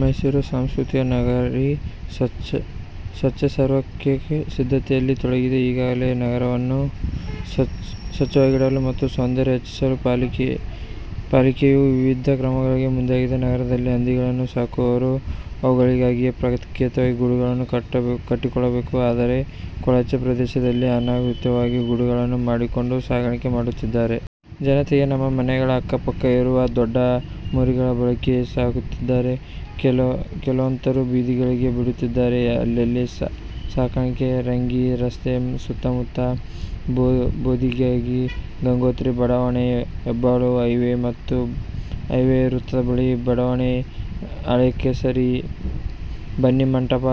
ಮೈಸೂರು: ಸಾಂಸ್ಕೃತಿಕ ನಗರಿ 'ಸ್ವಚ್ಛ ಸರ್ವೇಕ್ಷಣ್ 'ಕ್ಕೆ ಸಿದ್ಧತೆಯಲ್ಲಿ ತೊಡಗಿದೆ. ಈಗಾಗಲೇ ನಗರವನ್ನು ಸ್ವಚ್ಛವಾಗಿಡಲು ಮತ್ತು ಸೌಂದರ್ಯ ಹೆಚ್ಚಿಸಲು ಪಾಲಿಕೆಯು ವಿವಿಧ ಕ್ರಮಗಳಿಗೆ ಮುಂದಾಗಿದೆ. ನಗರದಲ್ಲಿ ಹಂದಿಗಳನ್ನು ಸಾಕುವವರು ಅವುಗಳಿಗಾಗಿಯೇ ಪ್ರತ್ಯೇಕವಾಗಿ ಗೂಡುಗಳನ್ನು ಕಟ್ಟಿಕೊಳ್ಳಬೇಕು. ಆದರೆ, ಕೊಳಚೆ ಪ್ರದೇಶಗಳಲ್ಲಿ ಅನಧಿಕೃತವಾಗಿ ಗೂಡುಗಳನ್ನು ಮಾಡಿಕೊಂಡು ಸಾಕಣೆ ಮಾಡುತ್ತಿದ್ದಾರೆ. ಜತೆಗೆ ನಮ್ಮ ಮನೆಗಳ ಅಕ್ಕಪಕ್ಕ ಇರುವ ದೊಡ್ಡ ಮೋರಿಗಳ ಬಳಿ ಸಾಕುತ್ತಿದ್ದಾರೆ. ಕೆಲವರಂತೂ ಬೀದಿಗಳಿಗೆ ಬಿಡುತ್ತಿದ್ದಾರೆ. ಎಲ್ಲೆಲ್ಲಿ ಸಾಕಣೆ: ರಿಂಗ್ ರಸ್ತೆ ಸುತ್ತ ಮುತ್ತ, ಬೋಗಾದಿ, ಗಂಗೋತ್ರಿ ಬಡಾವಣೆ, ಹೆಬ್ಬಾಳು, ಹೈವೇ ವೃತ್ತ ಬಳಿಯ ಬಡಾವಣೆ, ಹಳೆ ಕೆಸರೆ, ಬನ್ನಿಮಂಟಪ,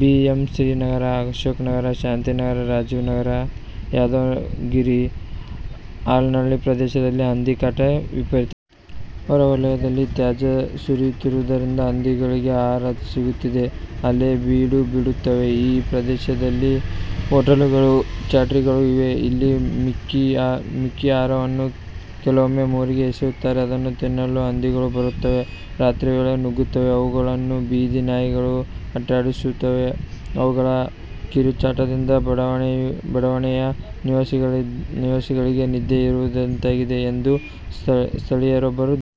ಬಿಎಂಶ್ರೀ ನಗರ, ಅಶೋಕನಗರ, ಶಾಂತಿ ನಗರ, ರಾಜೀವ್ ನಗರ, ಯಾದವಗಿರಿ, ಆಲನಹಳ್ಳಿ ಪ್ರದೇಶದಲ್ಲಿ ಹಂದಿ ಕಾಟ ವಿಪರೀತವಾಗಿದೆ. ಹೊರ ವಲಯದಲ್ಲಿ ತ್ಯಾಜ್ಯ ಸುರಿಯುವುದರಿಂದ ಹಂದಿಗಳಿಗೆ ಆಹಾರ ಸಿಗುತ್ತಿದ್ದು, ಅಲ್ಲೇ ಬೀಡು ಬಿಡುತ್ತಿವೆ. 'ಈ ಪ್ರದೇಶದಲ್ಲಿ ಹೋಟೆಲ್ಗಳು, ಚೌಲ್ಟ್ರಿಗಳು ಇವೆ. ಇಲ್ಲಿ ಮಿಕ್ಕ ಆಹಾರವನ್ನೂ ಕೆಲವೊಮ್ಮೆ ಮೋರಿಗೆ ಎಸೆಯುತ್ತಾರೆ. ಅದನ್ನು ತಿನ್ನಲು ಹಂದಿಗಳು ಬರುತ್ತವೆ. ರಾತ್ರಿಯ ವೇಳೆ ನುಗ್ಗುತ್ತವೆ. ಅವುಗಳನ್ನು ಬೀದಿ ನಾಯಿಗಳು ಅಟ್ಟಿಸುತ್ತವೆ. ಅವುಗಳ ಕಿರುಚಾಟದಿಂದ ಬಡಾವಣೆಯ ನಿವಾಸಿಗಳಿಗೆ ನಿದ್ದೆ ಇಲ್ಲದಂತಾಗಿದೆ' ಎಂದು ಸ್ಥಳೀಯರೊಬ್ಬರು ದೂರಿದರು.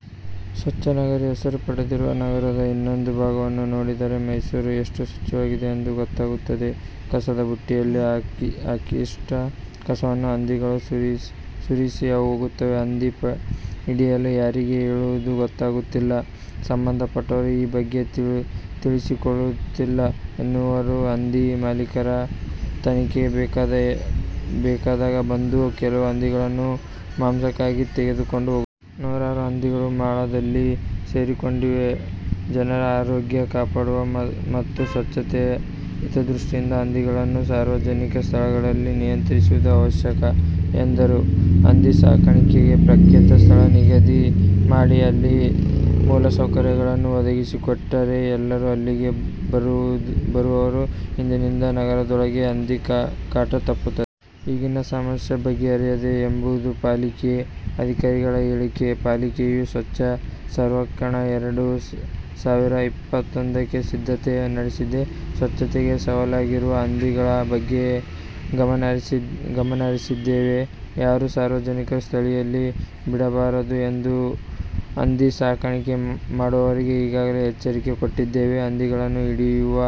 'ಸ್ವಚ್ಛ ನಗರಿ ಹೆಸರು ಪಡೆದಿರುವ ನಗರದ ಇದೊಂದು ಭಾಗವನ್ನು ನೋಡಿದರೆ ಮೈಸೂರು ಎಷ್ಟು ಸ್ವಚ್ಛವಾಗಿದೆ ಎಂದು ಗೊತ್ತಾಗುತ್ತದೆ. ಕಸದ ಬುಟ್ಟಿಯಲ್ಲಿ ಹಾಕಿಟ್ಟ ಕಸವನ್ನು ಹಂದಿಗಳು ಉರುಳಿಸಿ ಹೋಗುತ್ತವೆ. ಹಂದಿ ಹಿಡಿಯಲು ಯಾರಿಗೆ ಹೇಳುವುದು ಗೊತ್ತಾಗುತ್ತಿಲ್ಲ ಸಂಬಂಧಪಟ್ಟವರು ಈ ಬಗ್ಗೆ ತಲೆಕೆಡಿಸಿಕೊಳ್ಳುತ್ತಿಲ್ಲ' ಎನ್ನುವರು. 'ಹಂದಿ ಮಾಲೀಕ ತನಗೆ ಬೇಕಾದಾಗ ಬಂದು ಕೆಲವು ಹಂದಿಗಳನ್ನು ಮಾಂಸಕ್ಕಾಗಿ ತೆಗೆದುಕೊಂಡು ಹೋಗುತ್ತಾನೆ. ನೂರಾರು ಹಂದಿಗಳು ಮಾಳದಲ್ಲಿ ಸೇರಿಕೊಂಡಿವೆ. ಜನರ ಆರೋಗ್ಯ ಕಾಪಾಡುವ ಮತ್ತು ಸ್ವಚ್ಛತೆಯ ಹಿತದೃಷ್ಟಿಯಿಂದ ಹಂದಿಗಳನ್ನು ಸಾರ್ವಜನಿಕ ಸ್ಥಳಗಳಲ್ಲಿ ನಿಯಂತ್ರಿಸುವುದು ಅವಶ್ಯಕ' ಎಂದರು. 'ಹಂದಿ ಸಾಕಾಣಿಕೆಗೆ ಪ್ರತ್ಯೇಕ ಸ್ಥಳ ನಿಗದಿ ಮಾಡಿ, ಅಲ್ಲಿ ಮೂಲಸೌಕರ್ಯಗಳನ್ನು ಒದಗಿಸಿಕೊಟ್ಟರೆ ಎಲ್ಲರೂ ಇಲ್ಲಿಗೆ ಬರುವರು. ಇದರಿಂದ ನಗರದೊಳಗೆ ಹಂದಿಗಳ ಕಾಟ ತಪ್ಪುತ್ತದೆ. ಈಗಿನ ಸಮಸ್ಯೆ ಬಗೆಹರಿಯುತ್ತದೆ' ಎಂಬುದು ಪಾಲಿಕೆ ಅಧಿಕಾರಿಗಳ ಹೇಳಿಕೆ. ಪಾಲಿಕೆಯು ಸ್ವಚ್ಛ ಸರ್ವೇಕ್ಷಣ್–ಎರಡು ಸಾವಿರದ ಇಪ್ಪತ್ತೊಂದಕ್ಕೆ ಸಿದ್ಧತೆ ನಡೆಸುತ್ತಿದೆ. ಸ್ವಚ್ಛತೆಗೆ ಸವಾಲಾಗಿರುವ ಹಂದಿಗಳ ಬಗ್ಗೆಯೂ ಗಮನಹರಿಸಿದ್ದೇವೆ. ಯಾರೂ ಸಾರ್ವಜನಿಕ ಸ್ಥಳಗಳಲ್ಲಿ ಬಿಡಬಾರದು ಎಂದು ಹಂದಿ ಸಾಕಣೆ ಮಾಡುವವರಿಗೆ ಈಗಾಗಲೇ ಎಚ್ಚರಿಕೆ ಕೊಟ್ಟಿದ್ದೇವೆ. ಹಂದಿಗಳನ್ನು ಹಿಡಿಯುವ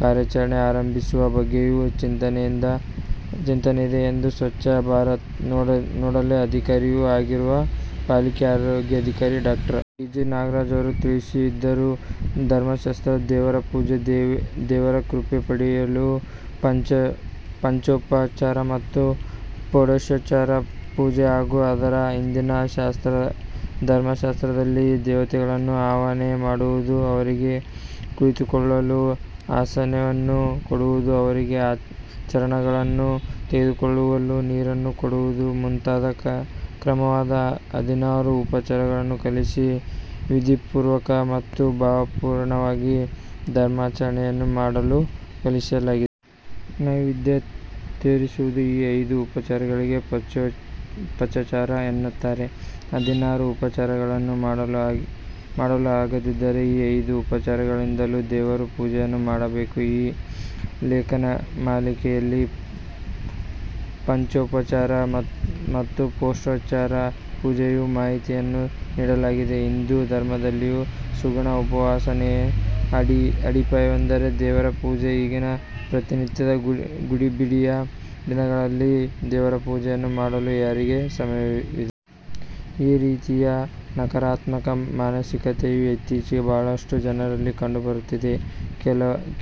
ಕಾರ್ಯಾಚರಣೆ ಆರಂಭಿಸುವ ಬಗ್ಗೆಯೂ ಚಿಂತನೆಯಿದೆ' ಎಂದು ಸ್ವಚ್ಛ ಭಾರತ್ ನೋಡೆಲ್ ಅಧಿಕಾರಿಯೂ ಆಗಿರುವ ಪಾಲಿಕೆ ಆರೋಗ್ಯಾಧಿಕಾರಿ ಡಾಕ್ಟರ್. ಡಿ. ಜಿ. ನಾಗರಾಜು ತಿಳಿಸಿದರು. ಧರ್ಮಶಾಸ್ತ್ರ ದೇವರ ಪೂಜೆ ದೇವರ ಕೃಪೆ ಪಡೆಯಲು ಪಂಚೋಪಚಾರ ಮತ್ತು ಷೋಡಶೋಪಚಾರ ಪೂಜೆ ಹಾಗೂ ಅದರ ಹಿಂದಿನ ಶಾಸ್ತ್ರ ಧರ್ಮಶಾಸ್ತ್ರದಲ್ಲಿ ದೇವತೆಗಳನ್ನು ಆವಾಹನೆ ಮಾಡುವುದು, ಅವರಿಗೆ ಕುಳಿತುಕೊಳ್ಳಲು ಆಸನವನ್ನು ಕೊಡುವುದು, ಅವರಿಗೆ ಚರಣಗಳನ್ನು ತೊಳೆದುಕೊಳ್ಳಲು ನೀರನ್ನು ಕೊಡುವುದು ಮುಂತಾದ ಕ್ರಮವಾದ ಹದಿನಾರು ಉಪಚಾರಗಳನ್ನು ಕಲಿಸಿ ವಿಧಿಪೂರ್ವಕ ಮತ್ತು ಭಾವಪೂರ್ಣವಾಗಿ ಧರ್ಮಾಚರಣೆಯನ್ನು ಮಾಡಲು ಕಲಿಸಲಾಗಿದೆ. ನೈವೇದ್ಯ ತೋರಿಸುವುದು ಈ ಐದು ಉಪಚಾರಗಳಿಗೆ 'ಪಂಚೋಪಚಾರ' ಎನ್ನುತ್ತಾರೆ. ಹದಿನಾರು ಉಪಚಾರಗಳನ್ನು ಮಾಡಲು ಆಗದಿದ್ದರೆ ಈ ಐದು ಉಪಚಾರಗಳಿಂದಾದರೂ ದೇವರ ಪೂಜೆಯನ್ನು ಮಾಡಬೇಕು. ಈ ಲೇಖನಮಾಲಿಕೆಯಲ್ಲಿ ಪಂಚೋಪಚಾರ ಮತ್ತು ಷೋಡಶೋಪಚಾರ ಪೂಜೆಯ ಮಾಹಿತಿಯನ್ನು ನೀಡಲಾಗುತ್ತದೆ. ಹಿಂದೂ ಧರ್ಮದಲ್ಲಿನ ಸಗುಣ ಉಪಾಸನೆಯ ಅಡಿಪಾಯವೆಂದರೆ 'ದೇವರ ಪೂಜೆ'. ಈಗಿನ 'ಪ್ರತಿನಿತ್ಯದ ಗಡಿಬಿಡಿಯ ದಿನಗಳಲ್ಲಿ ದೇವರ ಪೂಜೆ ಯನ್ನು ಮಾಡಲು ಯಾರಿಗೆ ಸಮಯವಿದೆ? ' ಈ ರೀತಿಯ ನಕಾರಾತ್ಮಕ ಮಾನಸಿಕತೆಯು ಇತ್ತೀಚಿಗೆ ಬಹಳಷ್ಟು ಜನರಲ್ಲಿ ಕಂಡುಬರುತ್ತಿದೆ.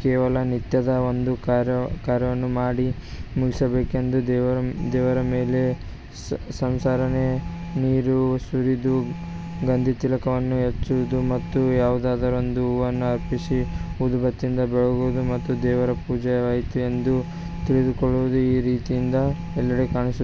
ಕೇವಲ ನಿತ್ಯದ ಒಂದು ಕರ್ಮವನ್ನು ಮಾಡಿ ಮುಗಿಸಬೇಕೆಂದು ದೇವರ ಮೇಲೆ ಸರಸರನೆ ನೀರು ಸುರಿದು ಗಂಧತಿಲಕವನ್ನು ಹಚ್ಚುವುದು ಮತ್ತು ಯಾವುದಾದರೊಂದು ಹೂವನ್ನು ಅರ್ಪಿಸಿ ಊದುಬತ್ತಿಯಿಂದ ಬೆಳಗುವುದು ಮತ್ತು 'ದೇವರ ಪೂಜೆ'ಯಾಯಿತು ಎಂದು ತಿಳಿದುಕೊಳ್ಳುವುದು; ಈ ರೀತಿ ಇಂದು ಎಲ್ಲೆಡೆ ಕಾಣಿಸುತ್ತಿದೆ.